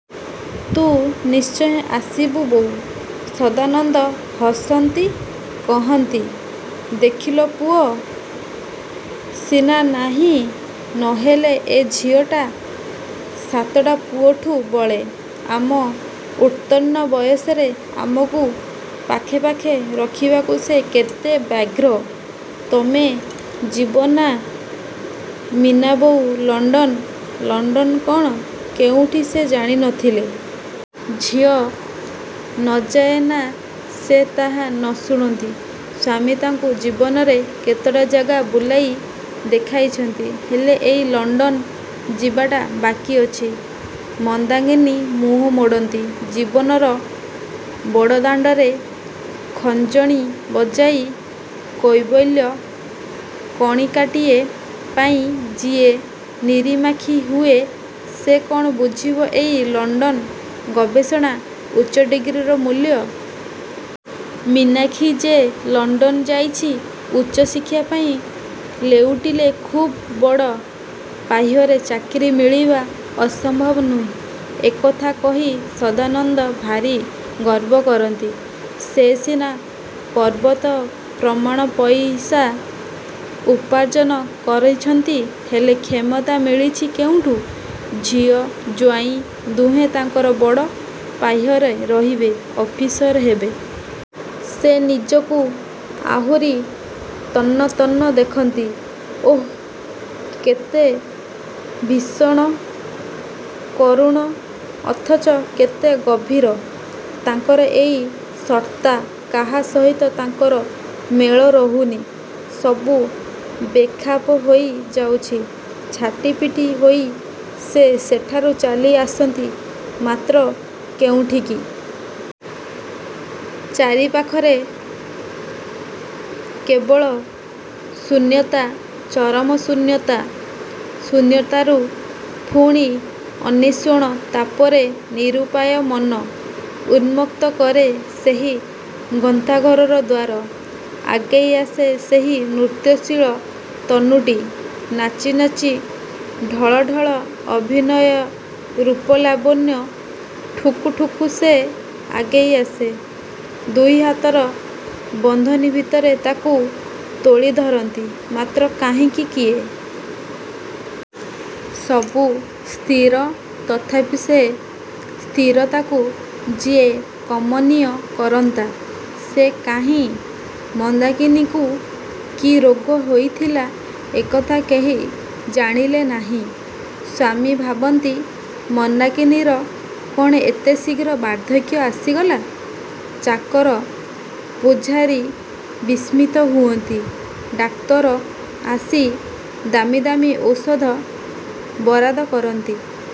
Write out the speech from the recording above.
ତୁ ନିଶ୍ଚୟ ଆସିବୁ ବୋଉ। ସଦାନନ୍ଦ ହସନ୍ତି କହନ୍ତି, ଦେଖିଲ ପୁଅ ସିନା ନାହିଁ ନହେଲେ ଏ ଝିଅଟା ସାତଟା ପୁଅଠୁଁ ବଳେ। ଆମ ଉତ୍ତୀର୍ଣ୍ଣ ବୟସରେ ଆମକୁ ପାଖେ ପାଖେ ରଖିବାକୁ ସେ କେତେ ବ୍ୟାଗ୍ର। ତମେ ଯିବ ନାଁ ମୀନାବୋଉ ଲଣ୍ଡନ? ଲଣ୍ଡନ କଣ, କେଉଁଠି ସେ ଜାଣି ନ ଥିଲେ। ଝିଅ ନ ଯାଏ ନାଁ ସେ ତାହା ନ ଶୁଣନ୍ତି। ସ୍ୱାମୀ ତାଙ୍କୁ ଜୀବନରେ କେତେଟା ଜାଗା ବୁଲାଇ ଦେଖାଇଛନ୍ତି, ହେଲେ ଏଇ ଲଣ୍ଡନ ଯିବାଟା ବାକି ଅଛି। ମନ୍ଦାକିନୀ ମୁହଁ ମୋଡ଼ନ୍ତି। ଜୀବନର ବଡ଼ଦାଣ୍ଡରେ ଖଞ୍ଜଣି ବଜାଇ କୈବଲ୍ୟ କଣିକାଟିଏ ପାଇଁ ଯିଏ ନିରିମାଖି ହୁଏ ସେ କଣ ବୁଝିବ ଏଇ ଲଣ୍ଡନ, ଗବେଷଣା, ଉଚ୍ଚ ଡିଗ୍ରୀର ମୂଲ୍ୟ? ମୀନାକ୍ଷୀ ଯେ ଲଣ୍ଡନ ଯାଇଚି ଉଚ୍ଚଶିକ୍ଷା ପାଇଁ ଲେଉଟିଲେ ଖୁବ୍ ବଡ଼ ପାହ୍ୟର ଚାକିରି ମିଳିବା ଅସମ୍ଭବ ନୁହେଁ। ଏ କଥା କହି ସଦାନନ୍ଦ ଭାରୀ ଗର୍ବକରନ୍ତି। ସେ ସିନା ପର୍ବତ ପ୍ରମାଣ ପଇସା ଉପାର୍ଜନ କରିଚନ୍ତି ହେଲେ କ୍ଷମତା ମିଳିଛି କେଉଁଠୁ? ଝିଅ, ଜ୍ଵାଇଁ ଦୁହେଁ ତାଙ୍କର ବଡ଼ ପାହ୍ୟର ରହିବେ, ଅଫିସର ହେବେ। ସେ ନିଜକୁ ଆହୁରି ତନ୍ନ ତନ୍ନ ଦେଖନ୍ତି। ଓଃ, କେତେ ଭୀଷଣ, କରୁଣ ଅଥଚ କେତେ ଗଭୀର। ତାଙ୍କର ଏଇ ସତ୍ତା କାହା ସହିତ ତାଙ୍କର ମେଳ ରହୁନି ସବୁ ବେଖାପ ହୋଇ ଯାଉଚି। ଛାଟି ପିଟି ହୋଇ ସେ ସେଠାରୁ ଚାଲିଆସନ୍ତି, ମାତ୍ର କେଉଁଠିକି? ଚାରିପାଖରେ କେବଳ ଶୂନ୍ୟତା, ଚରମଶୂନ୍ୟତା । ଶୂନ୍ୟତାରୁ ପୁଣି ଅନ୍ୱେଷଣ ତାପରେ ନିରୂପାୟ ମନ ଉନ୍ମୁକ୍ତ କରେ ସେହି ଗନ୍ତାଘରର ଦ୍ୱାର। ଆଗେଇ ଆସେ ସେହି ନୃତ୍ୟଶୀଳ ତନୁଟି। ନାଚି ନାଚି, ଢଳ ଢଳ, ଅଭିନୟ ରୂପଲାବଣ୍ୟ ଠୁକୁ ଠୁକୁ ସେ ଆଗେଇ ଆସେ। ଦୁଇହାତର ବନ୍ଧନୀଭିତରେ ତାକୁ ତୋଳି ଧରନ୍ତି, ମାତ୍ର କାହିଁକି କିଏ? ସବୁ ସ୍ଥିର, ତଥାପି ସେ ସ୍ଥିରତାକୁ ଯିଏ କମନୀୟ କରନ୍ତା, ସେ କାହିଁ? ମନ୍ଦାକିନୀଙ୍କୁ କି ରୋଗ ହୋଇଥିଲା ଏ କଥା କେହି ଜାଣିଲେ ନାହିଁ। ସ୍ଵାମୀ ଭାବନ୍ତି, ମନ୍ଦାକିନୀର କଣ ଏତେ ଶୀଘ୍ର ବାର୍ଦ୍ଧକ୍ୟ ଆସିଗଲା? ଚାକର ପୁଝାରୀ ବିସ୍ମିତ ହୁଅନ୍ତି, ଡାକ୍ତର ଆସି ଦାମି ଦାମି ଔଷଧ ବରାଦ କରନ୍ତି।